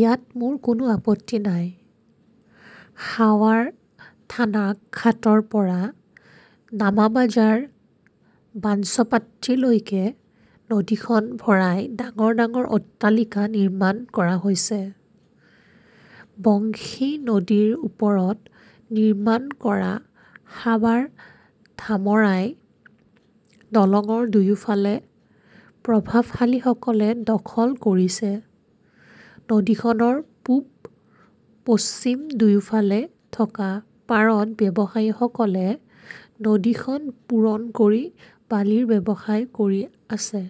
ইয়াত মোৰ কোনো আপত্তি নাই। সাৱাৰ থানা ঘাটৰ পৰা নামাবাজাৰ বাঞ্চপট্টিলৈকে নদীখন ভৰাই ডাঙৰ ডাঙৰ অট্টালিকা নিৰ্মাণ কৰা হৈছে। বংশী নদীৰ ওপৰত নিৰ্মাণ কৰা সাৱাৰ-ধামৰাই দলংৰ দুয়োফালে প্ৰভাৱশালীসকলে দখল কৰিছে। নদীখনৰ পূব-পশ্চিম দুয়োফালে থকা পাৰত ব্যৱসায়ীসকলে নদীখন পূৰণ কৰি বালিৰ ব্যৱসায় কৰি আছে।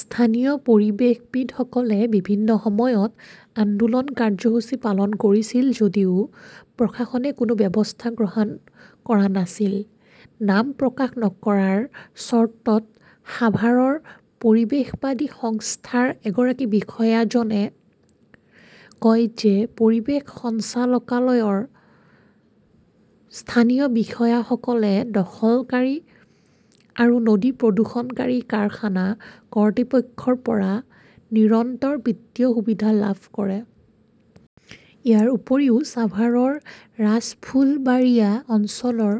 স্থানীয় পৰিৱেশবিদসকলে বিভিন্ন সময়ত আন্দোলন কাৰ্যসূচী পালন কৰিছিল যদিও প্ৰশাসনে কোনো ব্যৱস্থা গ্ৰহণ কৰা নাছিল। নাম প্ৰকাশ নকৰাৰ চৰ্তত সাভাৰৰ পৰিৱেশবাদী সংস্থাৰ এগৰাকী বিষয়াজনে কয় যে পৰিৱেশ সঞ্চালকালয়ৰ স্থানীয় বিষয়াসকলে দখলকাৰী আৰু নদী প্ৰদূষণকাৰী কাৰখানা কৰ্তৃপক্ষৰ পৰা নিৰন্তৰ বিত্তীয় সুবিধা লাভ কৰে। ইয়াৰ উপৰিও ছাভাৰৰ ৰাজফুলবাৰিয়া অঞ্চলৰ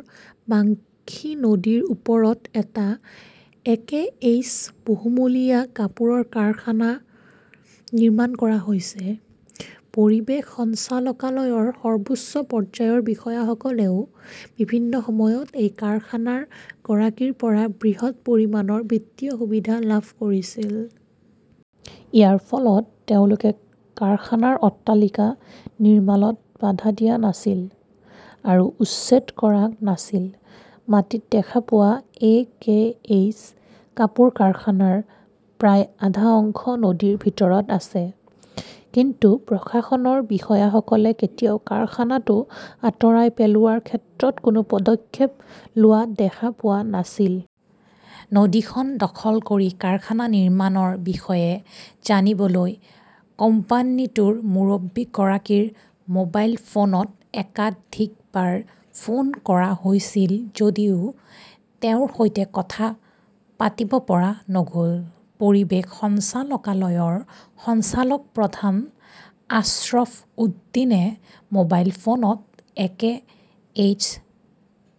বাংশী নদীৰ ওপৰত এটা একেএইচ বহুমহলীয়া কাপোৰৰ কাৰখানা নিৰ্মাণ কৰা হৈছে। পৰিৱেশ সঞ্চালকালয়ৰ সৰ্বোচ্চ পৰ্যায়ৰ বিষয়াসকলেও বিভিন্ন সময়ত এই কাৰখানাৰ গৰাকীৰ পৰা বৃহৎ পৰিমাণৰ বিত্তীয় সুবিধা লাভ কৰিছিল। ইয়াৰ ফলত তেওঁলোকে কাৰখানাৰ অট্টালিকা নিৰ্মাণত বাধা দিয়া নাছিল আৰু উচ্ছেদ কৰা নাছিল। মাটিত দেখা পোৱা এ. কে. এইচ. কাপোৰ কাৰখানাৰ প্ৰায় আধা অংশ নদীৰ ভিতৰত আছে। কিন্তু প্ৰশাসনৰ বিষয়াসকলে কেতিয়াও কাৰখানাটো আঁতৰাই পেলোৱাৰ ক্ষেত্ৰত কোনো পদক্ষেপ লোৱা দেখা পোৱা নাছিল। নদীখন দখল কৰি কাৰখানা নিৰ্মাণৰ বিষয়ে জানিবলৈ কোম্পানীটোৰ মুৰব্বীগৰাকীৰ মোবাইল ফোনত একাধিকবাৰ ফোন কৰা হৈছিল যদিও তেওঁৰ সৈতে কথা পাতিব পৰা নগ "ল। পৰিৱেশ সঞ্চালকালয়ৰ সঞ্চালক প্ৰধান আশ্ৰফ উদ্দিনে মোবাইল ফোনত একেএইচ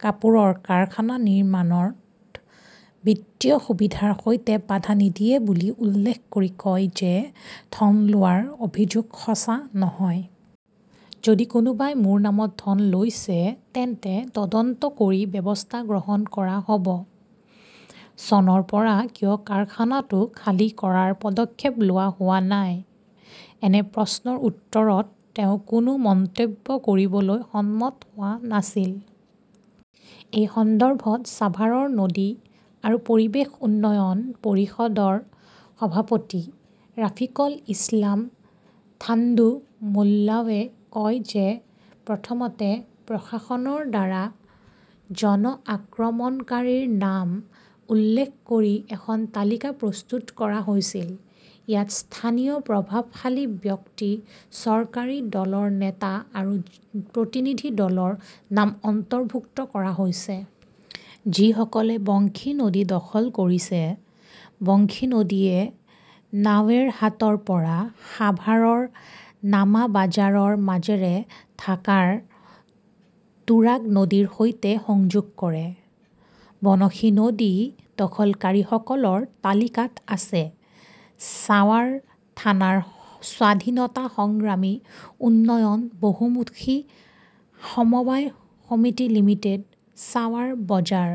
কাপোৰৰ কাৰখানা নিৰ্মাণত বিত্তীয় সুবিধাৰ সৈতে বাধা নিদিয়ে বুলি উল্লেখ কৰি কয় যে ধন লোৱাৰ অভিযোগ সঁচা নহয়। যদি কোনোবাই মোৰ নামত ধন লৈছে তেন্তে তদন্ত কৰি ব্যৱস্থা গ্ৰহণ কৰা হ "ব। চনৰ পৰা কিয় কাৰখানাটো খালী কৰাৰ পদক্ষেপ লোৱা হোৱা নাই? এনে প্ৰশ্নৰ উত্তৰত তেওঁ কোনো মন্তব্য কৰিবলৈ সন্মত হোৱা নাছিল। এই সন্দৰ্ভত ছাভাৰৰ 'নদী আৰু পৰিৱেশ উন্নয়ন "পৰিষদৰ সভাপতি ৰাফিকল ইছলাম থান্ডু মোল্লাৱে কয় যে প্ৰথমতে প্ৰশাসনৰ দ্বাৰা জন আক্ৰমণকাৰীৰ নাম উল্লেখ কৰি এখন তালিকা প্ৰস্তুত কৰা হৈছিল। ইয়াত স্থানীয় প্ৰভাৱশালী ব্যক্তি, চৰকাৰী দলৰ নেতা আৰু প্ৰতিনিধি দলৰ নাম অন্তৰ্ভুক্ত কৰা হৈছে। যিসকলে বংশী নদী দখল কৰিছেঃ বংশী নদীয়ে নাৱেৰহাটৰ পৰা সাভাৰৰ নামাবাজাৰৰ মাজেৰে ঢাকাৰ তুৰাগ নদীৰ সৈতে সংযোগ কৰে। বনশী নদী দখলকাৰীসকলৰ তালিকাত আছে-ছাৱাৰ থানাৰ স্বাধীনতা সংগ্ৰামী উন্নয়ন বহুমুখী সমবায় সমিতি লিমিটেড, ছাৱাৰ বজাৰ